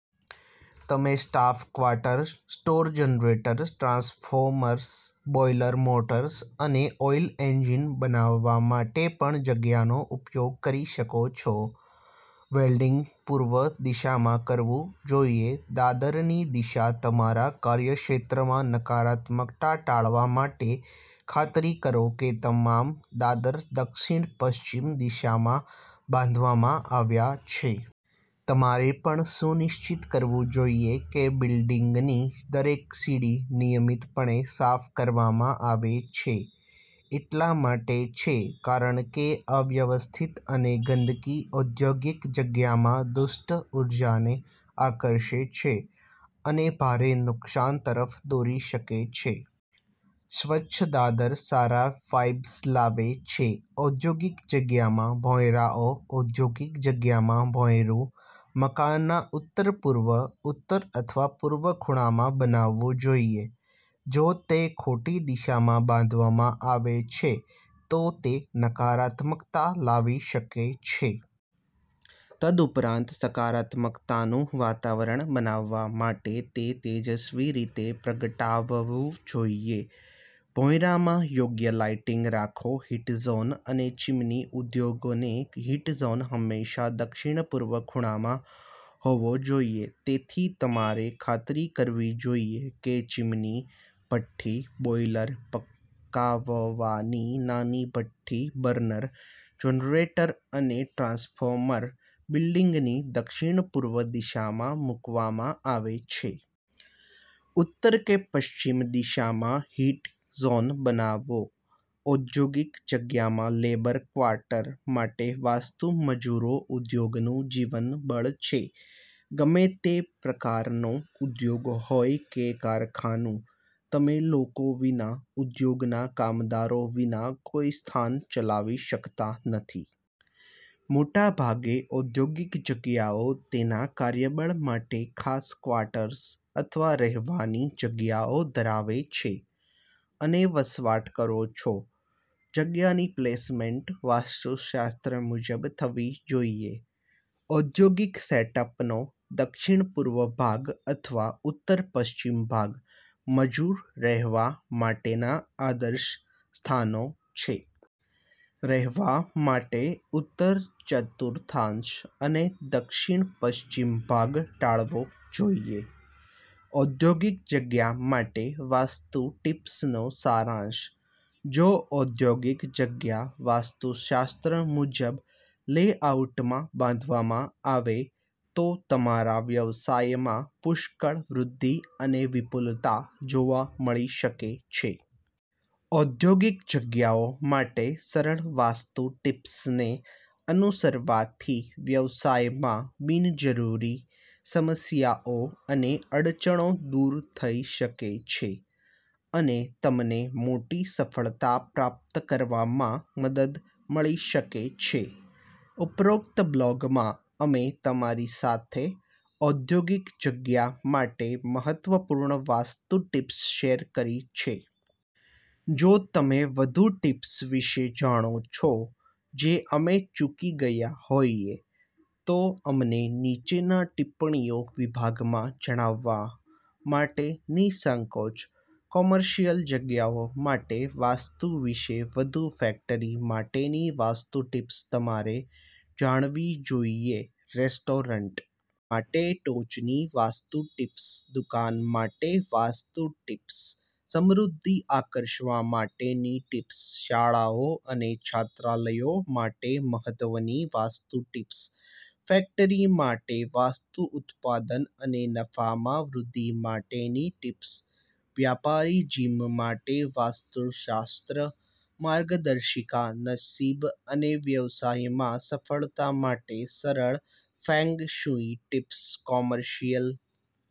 તમે staff quarter, store generator, transformers, boiler, motors અને oil engine બનાવવા માટે પણજગ્યાનો ઉપયોગ કરી શકો છો. વેલ્ડીંગ પૂર્વ દિશામાંકરવું જોઈએ દાદરની દિશા તમારા કાર્યક્ષેત્રમાં નકારાત્મકતા ટાળવા માટે, ખાતરી કરો કે તમામ દાદર દક્ષિણ-પશ્ચિમ દિશામાં બાંધવામાં આવ્યા છે. તમારેપણ સુનિશ્ચિત કરવું જોઈએ કે બિલ્ડિંગની દરેક સીડી નિયમિતપણે સાફ કરવામાં આવે છે. એટલા માટે છે કારણ કે અવ્યવસ્થિત અને ગંદકી ઔદ્યોગિક જગ્યામાં દુષ્ટ ઊર્જાને આકર્ષે છે, અને ભારે નુકસાન તરફ દોરી શકે છે. સ્વચ્છ દાદર સારા વાઇબ્સ લાવે છે ઔદ્યોગિક જગ્યામાં ભોંયરાઓ ઔદ્યોગિક જગ્યામાં ભોંયરું મકાનના ઉત્તરપૂર્વ, ઉત્તર અથવા પૂર્વ ખૂણામાં બનાવવું જોઈએ. જો તે ખોટી દિશામાં બાંધવામાં આવે છે, તો તે નકારાત્મકતા લાવી શકે છે. તદુપરાંત, સકારાત્મકતાનું વાતાવરણ બનાવવા માટે તે તેજસ્વી રીતે પ્રગટાવવું જોઈએ. ભોંયરામાં યોગ્ય લાઇટિંગ રાખો હીટ ઝોન અને ચીમની ઉદ્યોગનો હીટ ઝોન હંમેશા દક્ષિણપૂર્વ ખૂણામાં હોવો જોઈએ. તેથી, તમારે ખાતરી કરવી જોઈએ કે ચીમની, ભઠ્ઠી, બોઈલર, પકાવવાની નાની ભઠ્ઠી, બર્નર, જનરેટર અને ટ્રાન્સફોર્મર બિલ્ડિંગની દક્ષિણપૂર્વ દિશામાં મૂકવામાં આવે છે. ઉત્તર કે પશ્ચિમ દિશામાં હીટ ઝોનબનાવો ઔદ્યોગિક જગ્યામાં લેબર ક્વાર્ટર માટે વાસ્તુ મજૂરોઉદ્યોગનું જીવન બળ છે. ગમે તે પ્રકારનો ઉદ્યોગ હોય કે કારખાનું, તમે લોકો વિના, ઉદ્યોગના કામદારો વિના કોઈ સ્થાન ચલાવી શકતા નથી. મોટાભાગે ઔદ્યોગિક જગ્યાઓ તેના કાર્યબળ માટે ખાસ ક્વાર્ટર્સ અથવા રહેવાની જગ્યાઓ ધરાવે છે અનેવસવાટ કરો છો જગ્યાની પ્લેસમેન્ટ વાસ્તુશાસ્ત્ર મુજબ થવી જોઈએ. ઔદ્યોગિક સેટઅપનો દક્ષિણ પૂર્વ ભાગ અથવા ઉત્તર પશ્ચિમ ભાગ મજૂર રહેવા માટેના આદર્શ સ્થાનો છે. રહેવા માટે ઉત્તર ચતુર્થાંશ અને દક્ષિણ પશ્ચિમ ભાગ ટાળવો જોઈએ. ઔદ્યોગિક જગ્યા માટે વાસ્તુ ટિપ્સનો સારાંશ જો ઔદ્યોગિક જગ્યા વાસ્તુશાસ્ત્ર મુજબ લેઆઉટમાં બાંધવામાં આવે તો તમારા વ્યવસાયમાં પુષ્કળ વૃદ્ધિ અને વિપુલતા જોવા મળી શકે છે. ઔદ્યોગિક જગ્યાઓ માટે સરળ વાસ્તુ ટીપ્સને અનુસરવાથી વ્યવસાયમાં બિનજરૂરી સમસ્યાઓ અને અડચણો દૂર થઈ શકે છે અને તમને મોટી સફળતા પ્રાપ્ત કરવામાં મદદ મળી શકે છે. ઉપરોક્ત બ્લોગમાં, અમે તમારી સાથે ઔદ્યોગિક જગ્યાઓ માટે મહત્વપૂર્ણ વાસ્તુ ટીપ્સ શેર કરી છે. જો તમે વધુ ટિપ્સ વિશે જાણો છો જે અમે ચૂકી ગયા હોઈએ, તો અમને નીચેના ટિપ્પણીઓ વિભાગમાં જણાવવા માટે નિઃસંકોચ. કોમર્શિયલ જગ્યાઓ માટે વાસ્તુ વિશે વધુ ફેક્ટરી માટેની વાસ્તુ ટિપ્સ તમારે જાણવીજોઈએ રેસ્ટોરન્ટ માટે ટોચની વાસ્તુ ટીપ્સ દુકાન માટે વાસ્તુ ટીપ્સસમૃદ્ધિ આકર્ષવા માટેની ટીપ્સ શાળાઓ અને છાત્રાલયો માટે મહત્વની વાસ્તુ ટીપ્સ ફેક્ટરી માટે વાસ્તુઉત્પાદન અને નફામાં વૃદ્ધિ માટેની ટીપ્સ વ્યાપારી જીમ માટે વાસ્તુશાસ્ત્ર માર્ગદર્શિકા નસીબ અને વ્યવસાયમાં સફળતા માટે સરળ ફેંગ શુઇ ટિપ્સ કોમર્શિયલ